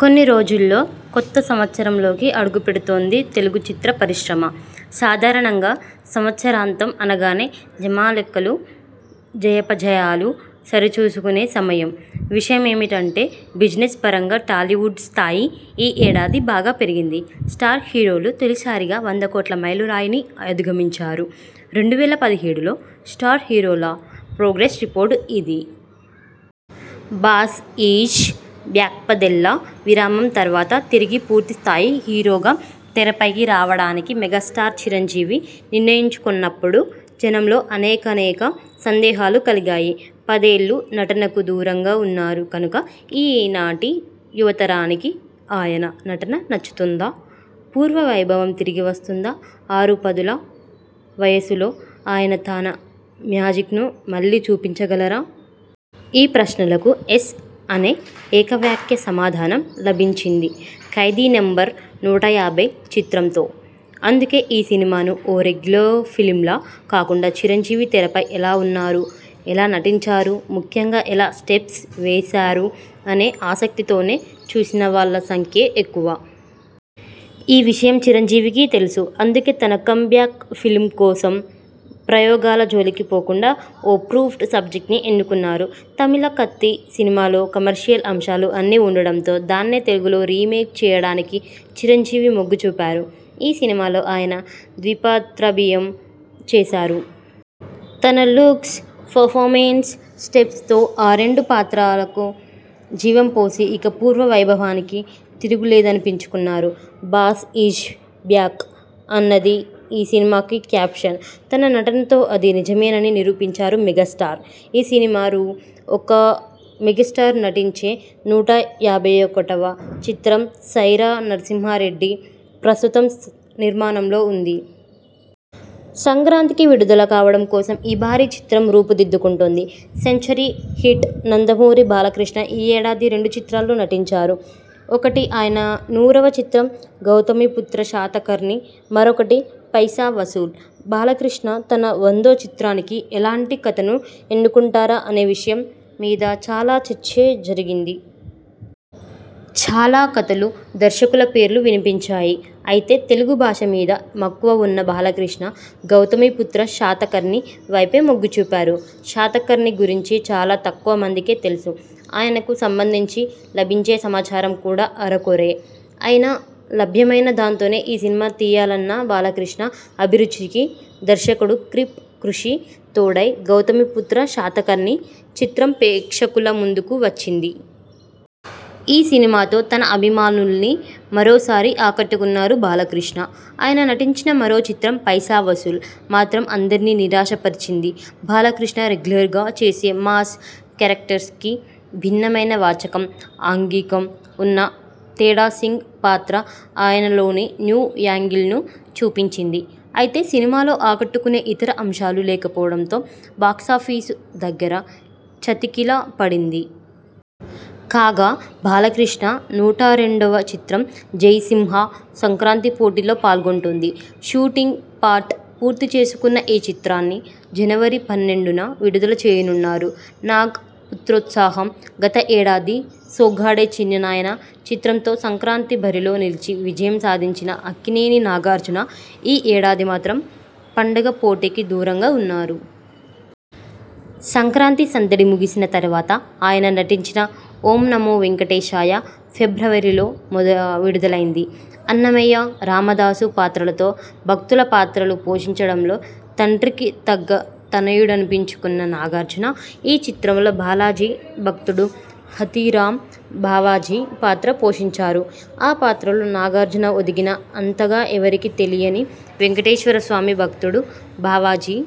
కొన్ని రోజుల్లో కొత్త సంవత్సరంలోకి అడుగుపెడుతోంది తెలుగు చిత్రపరిశ్రమ. సాధారణంగా సంవత్సరాంతం అనగానే జమా లెక్కలు, జయాపజయాలు సరిచూసుకొనే సమయం. విశేషమేమిటంటే బిజినెస్ పరంగా టాలీవుడ్ స్థాయి ఈ ఏడాది బాగా పెరిగింది. 'స్టార్' హీరోలు తొలిసారిగా వంద కోట్ల మైలురాయిని అధిగమించారు. రెండు వేల పదిహేడులో 'స్టార్' హీరోల ప్రోగ్రెస్ రిపోర్ట్ ఇది.. బాస్ ఈజ్ బ్యాక్పదేళ్ల విరామం తర్వాత తిరిగి పూర్తి స్థాయి హీరోగా తెరపైకి రావడానికి మెగాస్టార్ చిరంజీవి నిర్ణయించుకొన్నప్పుడు జనంలో అనేకానేక సందేహాలు కలిగాయి. పదేళ్లు నటనకు దూరంగా ఉన్నారు కనుక ఈనాటి యువతరానికి ఆయన నటన నచ్చుతుందా? పూర్వ వైభవం తిరిగి వస్తుందా? ఆరు పదుల వయసులో ఆయన తన మ్యాజిక్ను మళ్లీ చూపించగలరా? ఈ ప్రశ్నలకు 'ఎస్' అనే ఏకవాక్య సమాధానం లభించింది 'ఖైదీ నంబర్ నూట యాభై' చిత్రంతో. అందుకే ఈ సినిమాను ఓ రెగ్యులర్ ఫిల్మ్లా కాకుండా చిరంజీవి తెరపై ఎలా ఉన్నారు? ఎలా నటించారు? ముఖ్యంగా ఎలా స్టెప్స్ వేశారు? అనే ఆసక్తితోనే చూసిన వాళ్ల సంఖ్యే ఎక్కువ. ఈ విషయం చిరంజీవికీ తెలుసు. అందుకే తన 'కమ్ బ్యాక్' ఫిల్మ్ కోసం ప్రయోగాల జోలికి పోకుండా ఓ ప్రూవ్డ్ సబ్జెక్ట్ని ఎన్నుకొన్నారు. తమిళ 'కత్తి' సినిమాలో కమర్షియల్ అంశాలు అన్నీ ఉండటంతో దాన్నే తెలుగులో రీమేక్ చేయడానికి చిరంజీవి మొగ్గు చూపారు. ఈ సినిమాలో ఆయన ద్విపాత్రాభియం చేశారు. తన లుక్స్, పెర్ఫార్మెన్స్, స్టెప్స్తో ఆ రెండు పాత్రాలకూ జీవం పోసి ఇక పూర్వ వైభవానికి తిరుగులేదనిపించుకొన్నారు. 'బాస్ ఈజ్ బ్యాక్' అన్నది ఈ సినిమాకి క్యాప్షన్. తన నటనతో అది నిజమేనని నిరూపించారు మెగాస్టార్. ఈ సినిమా రూ. ఇక మెగాస్టార్ నటించే నూట యాభై ఒకటొవ చిత్రం 'సైరా నరసింహారెడ్డి' ప్రస్తుతం నిర్మాణంలో ఉంది. సంక్రాంతికి విడుదల కావడం కోసం ఈ భారీ చిత్రం రూపుదిద్దుకుంటోంది. సెంచరీ 'హిట్'నందమూరి బాలకృష్ణ ఈ ఏడాది రెండు చిత్రాల్లో నటించారు. ఒకటి ఆయన నూరవ చిత్రం 'గౌతమిపుత్ర శాతకర్ణి', మరొకటి 'పైసా వసూల్'. బాలకృష్ణ తన వందో చిత్రానికి ఎలాంటి కథను ఎన్నుకొంటారా అనే విషయం మీద చాలా చర్చే జరిగింది. చాలా కథలు, దర్శకుల పేర్లు వినిపించాయి. అయితే తెలుగు భాష మీద మక్కువ ఉన్న బాలకృష్ణ 'గౌతమిపుత్ర శాతకర్ణి' వైపే మొగ్గు చూపారు. శాతకర్ణి గురించి చాలా తక్కువ మందికే తెలుసు. ఆయనకు సంబంధించి లభించే సమాచారం కూడా అరకొరే. అయినా లభ్యమైన దాంతోనే ఈ సినిమా తీయాలన్న బాలకృష్ణ అభిరుచికి దర్శకుడు క్రిప్ కృషి తోడై 'గౌతమిపుత్ర శాతకర్ణి' చిత్రం ప్రేక్షకుల ముందుకు వచ్చింది. ఈ సినిమాతో తన అభిమానుల్ని మరోసారి ఆకట్టుకొన్నారు బాలకృష్ణ. ఆయన నటించిన మరో చిత్రం 'పైసా వసూల్' మాత్రం అందర్నీ నిరాశపరిచింది. బాలకృష్ణ రెగ్యులర్గా చేసే మాస్ కేరెక్టర్స్కి భిన్నమైన వాచకం, ఆంగికం ఉన్న 'తేడాసింగ్' పాత్ర ఆయనలోని న్యూ యాంగిల్ను చూపించింది. అయితే సినిమాలో ఆకట్టుకొనే ఇతర అంశాలు లేకపోవడంతో బాక్సాఫీసు దగ్గర చతికిల పడింది. కాగా బాలకృష్ణ నూట రెండొవ చిత్రం 'జై సింహా' సంక్రాంతి పోటీలో పాల్గొంటోంది. షూటింగ్ పార్ట్ పూర్తి చేసుకొన్న ఈ చిత్రాన్ని జనవరి పన్నెండున విడుదల చేయనున్నారు. నాగ్ పుత్రోత్సాహం గత ఏడాది 'సోగ్గాడే చిన్ని నాయనా' చిత్రంతో సంక్రాంతి బరిలో నిలిచి విజయం సాధించిన అక్కినేని నాగార్జున ఈ ఏడాది మాత్రం పండుగ పోటీకి దూరంగా ఉన్నారు. సంక్రాంతి సందడి ముగిసిన తర్వాత ఆయన నటించిన 'ఓం నమో వేంకటేశాయ' ఫిబ్రవరిలో మొదవిడుదలైంది. 'అన్నమయ్య', 'రామదాసు' పాత్రలతో భక్తుల పాత్రలు పోషించడంలో తండ్రికి తగ్గ తనయుడనిపించుకొన్న నాగార్జున ఈ చిత్రంలో బాలాజీ భక్తుడు హాథీరామ్ బావాజీ పాత్ర పోషించారు. ఆ పాత్రలో నాగార్జున ఒదిగినా, అంతగా ఎవరికీ తెలియని వెంకటేశ్వర స్వామి భక్తుడు బావాజీ